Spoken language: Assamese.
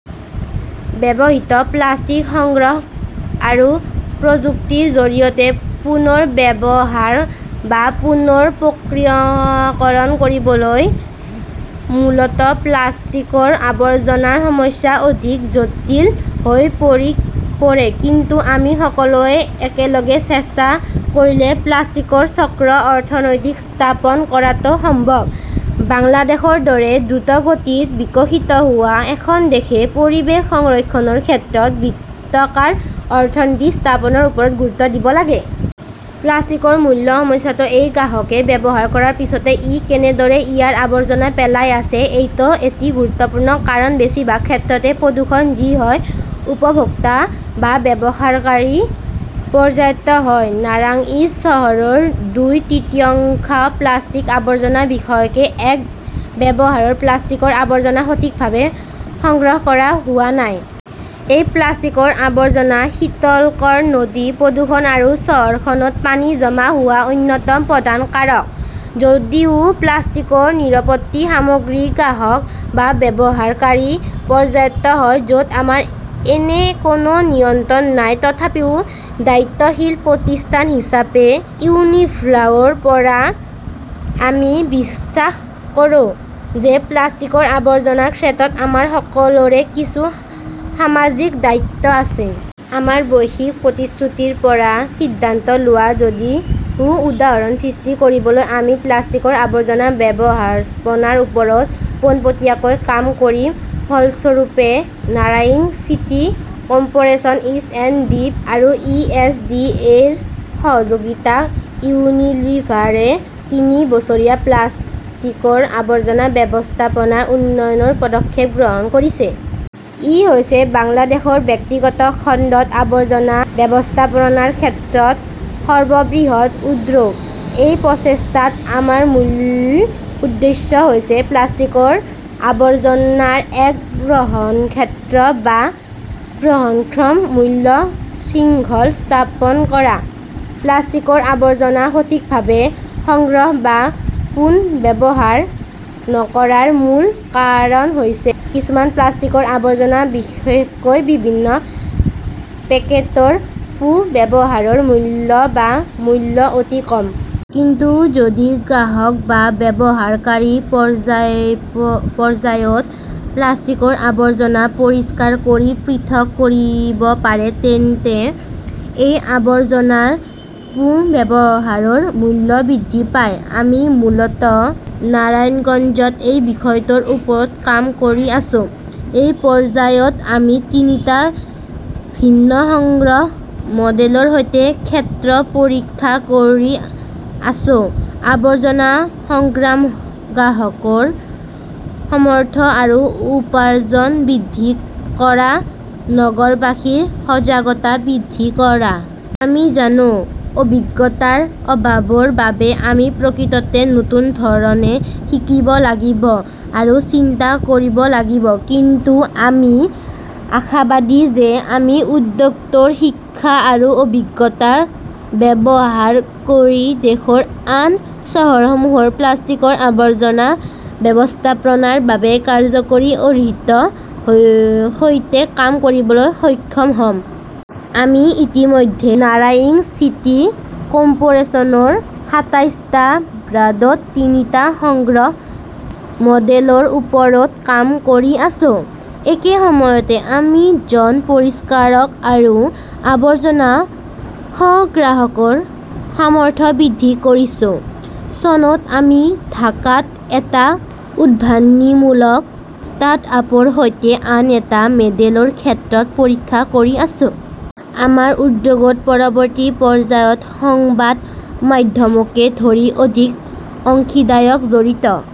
ব্যৱহৃত প্লাষ্টিক সংগ্ৰহ আৰু প্ৰযুক্তিৰ জৰিয়তে পুনৰ ব্যৱহাৰ বা পুনৰ প্ৰক্ৰিয়াকৰণ কৰিলে মূলত প্লাষ্টিকৰ আৱৰ্জনাৰ সমস্যা অধিক জটিল হৈ পৰে। কিন্তু আমি সকলোৱে একেলগে চেষ্টা কৰিলে প্লাষ্টিকৰ চক্ৰ অৰ্থনীতি স্থাপন কৰাটো সম্ভৱ। বাংলাদেশৰ দৰে দ্ৰুতগতিত বিকশিত হোৱা এখন দেশে পৰিৱেশ সংৰক্ষণৰ ক্ষেত্ৰত বৃত্তাকাৰ অৰ্থনীতি স্থাপনৰ ওপৰত গুৰুত্ব দিব লাগে। প্লাষ্টিকৰ মূল সমস্যাটো হ’ল গ্ৰাহকে ব্যৱহাৰ কৰাৰ পিছত ই কেনেদৰে ইয়াৰ আৱৰ্জনা পেলাই আছে। এইটো অতি গুৰুত্বপূৰ্ণ কাৰণ-বেছিভাগ ক্ষেত্ৰতে প্ৰদূষণ যি হয় উপভোক্তা বা ব্যৱহাৰকাৰী পৰ্যায়ত হয়। নাৰাংইজ চহৰৰ দুই তৃতীয়াংশ প্লাষ্টিকৰ আৱৰ্জনা, বিশেষকৈ একক ব্যৱহাৰৰ প্লাষ্টিকৰ আৱৰ্জনা সঠিকভাৱে সংগ্ৰহ কৰা হোৱা নাই। এই প্লাষ্টিকৰ আৱৰ্জনা শীতলকৰ নদী প্ৰদূষণ আৰু চহৰখনত পানী জমা হোৱাৰ অন্যতম প্ৰধান কাৰক। যদিও প্লাষ্টিকৰ নিষ্পত্তি সামগ্ৰীৰ গ্ৰাহক বা ব্যৱহাৰকাৰী পৰ্যায়ত হয়, য 'ত আমাৰ এনে কোনো নিয়ন্ত্ৰণ নাই। তথাপিও দায়িত্বশীল প্ৰতিষ্ঠান হিচাপে ইউনিলিভাৰৰ পৰা আমি বিশ্বাস কৰোঁ যে প্লাষ্টিকৰ আৱৰ্জনাৰ ক্ষেত্ৰত আমাৰ সকলোৰে কিছু সামাজিক দায়িত্ব আছে। আমাৰ বৈশ্বিক প্ৰতিশ্ৰুতিৰ পৰা সিদ্ধান্ত লোৱা, যদিও উদাহৰণ সৃষ্টি কৰিবলৈ আমি প্লাষ্টিকৰ আৱৰ্জনা ব্যৱস্থাপনাৰ ওপৰত পোনপটীয়াকৈ কাম কৰিম। ফলস্বৰূপে, নাৰাংইজ city corporation, U. N. D. P. আৰু ই. এছ. ডি. অ. ৰ সহযোগিতাত ইউনিলিভাৰে তিনি বছৰীয়া প্লাষ্টিকৰ আৱৰ্জনা ব্যৱস্থাপনাৰ উন্নয়নৰ পদক্ষেপ গ্ৰহণ কৰিছে। ই হৈছে বাংলাদেশৰ ব্যক্তিগত খণ্ডৰ আৱৰ্জনা ব্যৱস্থাপনাৰ ক্ষেত্ৰত সৰ্ববৃহৎ উদ্যোগ। এই প্ৰচেষ্টাত আমাৰ মূল উদ্দেশ্য হৈছে প্লাষ্টিকৰ আৱৰ্জনাৰ এক বহনক্ষম বা বহনক্ষম মূল্য শৃংখল স্থাপন কৰা। প্লাষ্টিকৰ আৱৰ্জনা সঠিকভাৱে সংগ্ৰহ বা পুনৰ্ব্যৱহাৰ নকৰাৰ মূল কাৰণ হৈছে কিছুমান প্লাষ্টিকৰ আৱৰ্জনা বিশেষকৈ বিভিন্ন পেকেটৰ পুনৰ্ব্যৱহাৰৰ মূল্য বা মূল্য অতি কম। কিন্তু যদি গ্ৰাহক বা ব্যৱহাৰকাৰী পৰ্যায়ত প্লাষ্টিকৰ আৱৰ্জনা পৰিষ্কাৰ কৰি পৃথক কৰিব পাৰি, তেন্তে এই আৱৰ্জনাৰ পুনৰ্ব্যৱহাৰৰ মূল্য বৃদ্ধি পায়। আমি মূলত নাৰায়ণগঞ্জত এই বিষয়টোৰ ওপৰত কাম কৰি আছো। এই পৰ্যায়ত আমি তিনিটা ভিন্ন সংগ্ৰহ মডেলৰ সৈতে ক্ষেত্ৰ পৰীক্ষা কৰি আছো-আৱৰ্জনা সংগ্ৰাহকৰ সামৰ্থ্য আৰু উপাৰ্জন বৃদ্ধি কৰা, নগৰবাসীৰ সজাগতা বৃদ্ধি কৰা। আমি জানো, অভিজ্ঞতাৰ অভাৱৰ বাবে আমি প্ৰকৃততে নতুন ধৰণে শিকিব লাগিব আৰু চিন্তা কৰিব লাগিব। কিন্তু আমি আশাবাদী যে আমি উদ্যোগটোৰ শিক্ষা আৰু অভিজ্ঞতা ব্যৱহাৰ কৰি দেশৰ আন চহৰসমূহত প্লাষ্টিকৰ আৱৰ্জনা ব্যৱস্থাপনাৰ বাবে কাৰ্য্যকৰী আৰ্হিৰ সৈতে কাম কৰিবলৈ সক্ষম হ 'ম। আমি ইতিমধ্যে নাৰাংইজ চিটি কৰ্পোৰেচনৰ সাতাইশ টা ৱাৰ্ডত তিনিটা সংগ্ৰহ মডেলৰ ওপৰত কাম কৰি আছো। একে সময়তে আমি জন পৰিষ্কাৰক আৰু আৱৰ্জনা সংগ্ৰাহকৰ সামৰ্থ্য বৃদ্ধি কৰিছো। চনত আমি ঢাকাত এটা উদ্ভাৱনীমূলক ষ্টাৰ্টআপৰ সৈতে আন এটা মডেলৰ ক্ষেত্ৰ পৰীক্ষা কৰি আছো। আমাৰ উদ্যোগৰ পৰৱৰ্তী পৰ্যায়ত সংবাদ মাধ্যমকে ধৰি অধিক অংশীদাৰক জড়িত